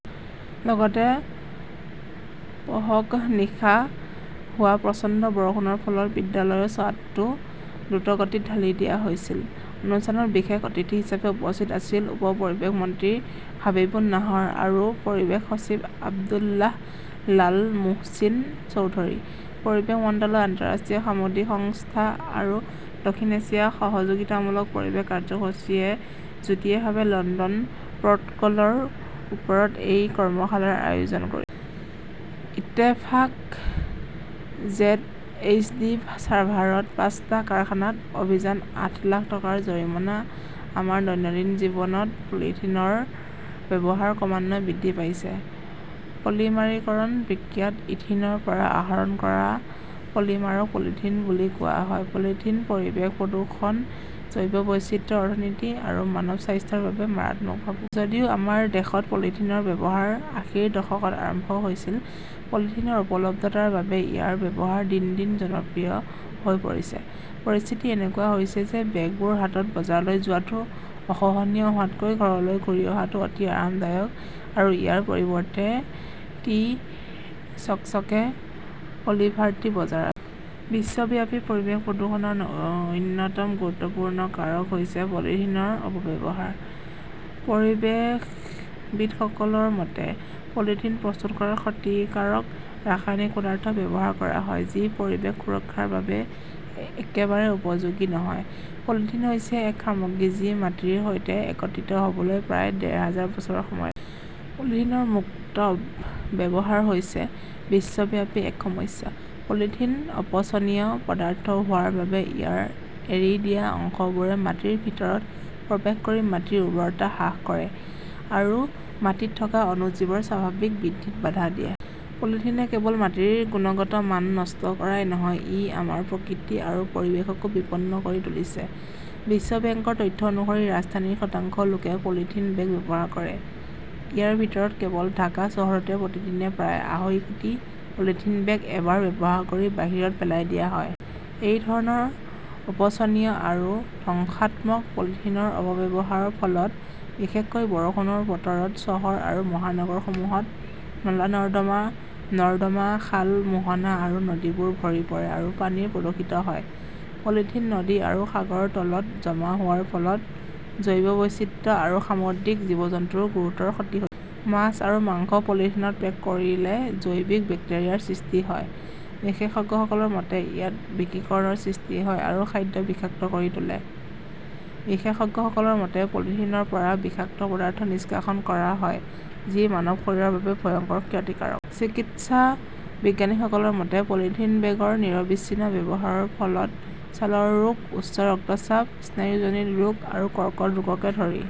লগতে পঢ়কঃ নিশা হোৱা প্ৰচণ্ড বৰষুণৰ ফলত বিদ্যালয়ৰ ছাদটো দ্ৰুতগতিত ঢালি দিয়া হৈছিল! অনুষ্ঠানত বিশেষ অতিথি হিচাপে উপস্থিত আছিল উপ পৰিৱেশ মন্ত্ৰী হাবিবুন নাহৰ আৰু পৰিৱেশ সচিব আব্দুল্লাহ আল মোহচিন চৌধুৰী। পৰিৱেশ মন্ত্ৰালয়, আন্তঃৰাষ্ট্ৰীয় সামুদ্ৰিক সংস্থা আৰু দক্ষিণ এছিয়া সহযোগিতামূলক পৰিৱেশ কাৰ্যসূচীয়ে যুটীয়াভাৱে লণ্ডন প্ৰট "কলৰ ওপৰত এই কৰ্মশালাৰ আয়োজন কৰিছিল। ইত্তেফাক/জেডএইচডি চাভাৰত পাঁচটা কাৰখানাত অভিযান, আঠ লাখ টকাৰ জৰিমনা আমাৰ দৈনন্দিন জীৱনত পলিথিনৰ ব্যৱহাৰ ক্ৰমান্বয়ে বৃদ্ধি পাইছে। পলিমাৰীকৰণ বিক্ৰিয়াত ইথিনৰ পৰা আহৰণ কৰা পলিমাৰক পলিথিন বুলি কোৱা হয়। পলিথিন পৰিৱেশ প্ৰদূষণ, জৈৱ বৈচিত্ৰ্য, অৰ্থনীতি আৰু মানৱ স্বাস্থ্যৰ বাবে মাৰাত্মক ভাবুকি। যদিও আমাৰ দেশত পলিথিনৰ ব্যৱহাৰ আশীৰ দশকত আৰম্ভ হৈছিল, পলিথিনৰ উপলব্ধতাৰ বাবেই ইয়াৰ ব্যৱহাৰ দিন দিন জনপ্ৰিয় হৈ পৰিছে। পৰিস্থিতি এনেকুৱা হৈছে যে বেগবোৰ হাতত বজাৰলৈ যোৱাটো অসহনীয় হোৱাতকৈ ঘৰলৈ ঘূৰি অহাটো অতি আৰামদায়ক আৰু ইয়াৰ পৰিৱৰ্তে টি চকচকে পলিভাৰ্টি বজাৰ আছে। বিশ্বব্যাপী পৰিৱেশ প্ৰদূষণৰ অন্যতম গুৰুত্বপূৰ্ণ কাৰক হৈছে পলিথিনৰ অপব্যৱহাৰ। পৰিৱেশবিদসকলৰ মতে, পলিথিন প্ৰস্তুত কৰাত ক্ষতিকাৰক ৰাসায়নিক পদাৰ্থ ব্যৱহাৰ কৰা হয়, যি পৰিৱেশ সুৰক্ষাৰ বাবে একেবাৰে উপযোগী নহয়। পলিথিন হৈছে এক সামগ্ৰী যি মাটিৰ সৈতে একত্ৰিত হ 'বলৈ প্ৰায় ডেৰ হাজাৰ বছৰ সময় লয়। পলিথিনৰ মুক্ত ব? ব্যৱহাৰ হৈছে বিশ্বব্যাপী এক সমস্যা। পলিথিন অপচনীয় পদাৰ্থ হোৱাৰ বাবে ইয়াৰ এৰি দিয়া অংশবোৰে মাটিৰ ভিতৰত প্ৰৱেশ কৰি মাটিৰ উৰ্বৰতা হ্ৰাস কৰে আৰু মাটিত থকা অণুজীৱৰ স্বাভাৱিক বৃদ্ধিত বাধা দিয়ে। পলিথিনে কেৱল মাটিৰ গুণগত মান নষ্ট কৰাই নহয়, ই আমাৰ প্ৰকৃতি আৰু পৰিৱেশকো বিপন্ন কৰি তুলিছে। বিশ্ব বেংকৰ তথ্য অনুসৰি ৰাজধানীৰ শতাংশ লোকে পলিথিন বেগ ব্যৱহাৰ কৰে। ইয়াৰ ভিতৰত কেৱল ঢাকা চহৰতে প্ৰতিদিনে প্ৰায় আঢ়ৈ কোটি পলিথিন বেগ এবাৰ ব্যৱহাৰ কৰি বাহিৰত পেলাই দিয়া হয়। এই ধৰণৰ অপচনীয় আৰু ধ্বংসাত্মক পলিথিনৰ অপব্যৱহাৰৰ ফলত বিশেষকৈ বৰষুণৰ বতৰত চহৰ আৰু মহানগৰসমূহত নলা-নৰ্দমা, নৰ্দমা, খাল, মোহনা আৰু নদীবোৰ ভৰি পৰে আৰু পানী প্ৰদূষিত হয়। পলিথিন নদী আৰু সাগৰৰ তলত জমা হোৱাৰ ফলত জৈৱ বৈচিত্ৰ্য আৰু সামুদ্ৰিক জীৱ-জন্তুৰ গুৰুতৰ ক্ষতি হৈছে। মাছ আৰু মাংস পলিথিনত পেক কৰিলে জৈৱিক বেক্টেৰিয়াৰ সৃষ্টি হয়। বিশেষজ্ঞসকলৰ মতে, ইয়াত বিকিৰণৰ সৃষ্টি হয় আৰু খাদ্য বিষাক্ত কৰি তোলে। বিশেষজ্ঞসকলৰ মতে পলিথিনৰ পৰা বিষাক্ত পদাৰ্থ নিষ্কাশন কৰা হয়, যি মানৱ শৰীৰৰ বাবে ভয়ংকৰ ক্ষতিকাৰক। চিকিৎসা বিজ্ঞানীসকলৰ মতে, পলিথিন বেগৰ নিৰবিচ্ছিন্ন ব্যৱহাৰৰ ফলত ছালৰ ৰোগ, উচ্চ ৰক্তচাপ, স্নায়ুজনিত ৰোগ আৰু কৰ্কট ৰোগকে ধৰি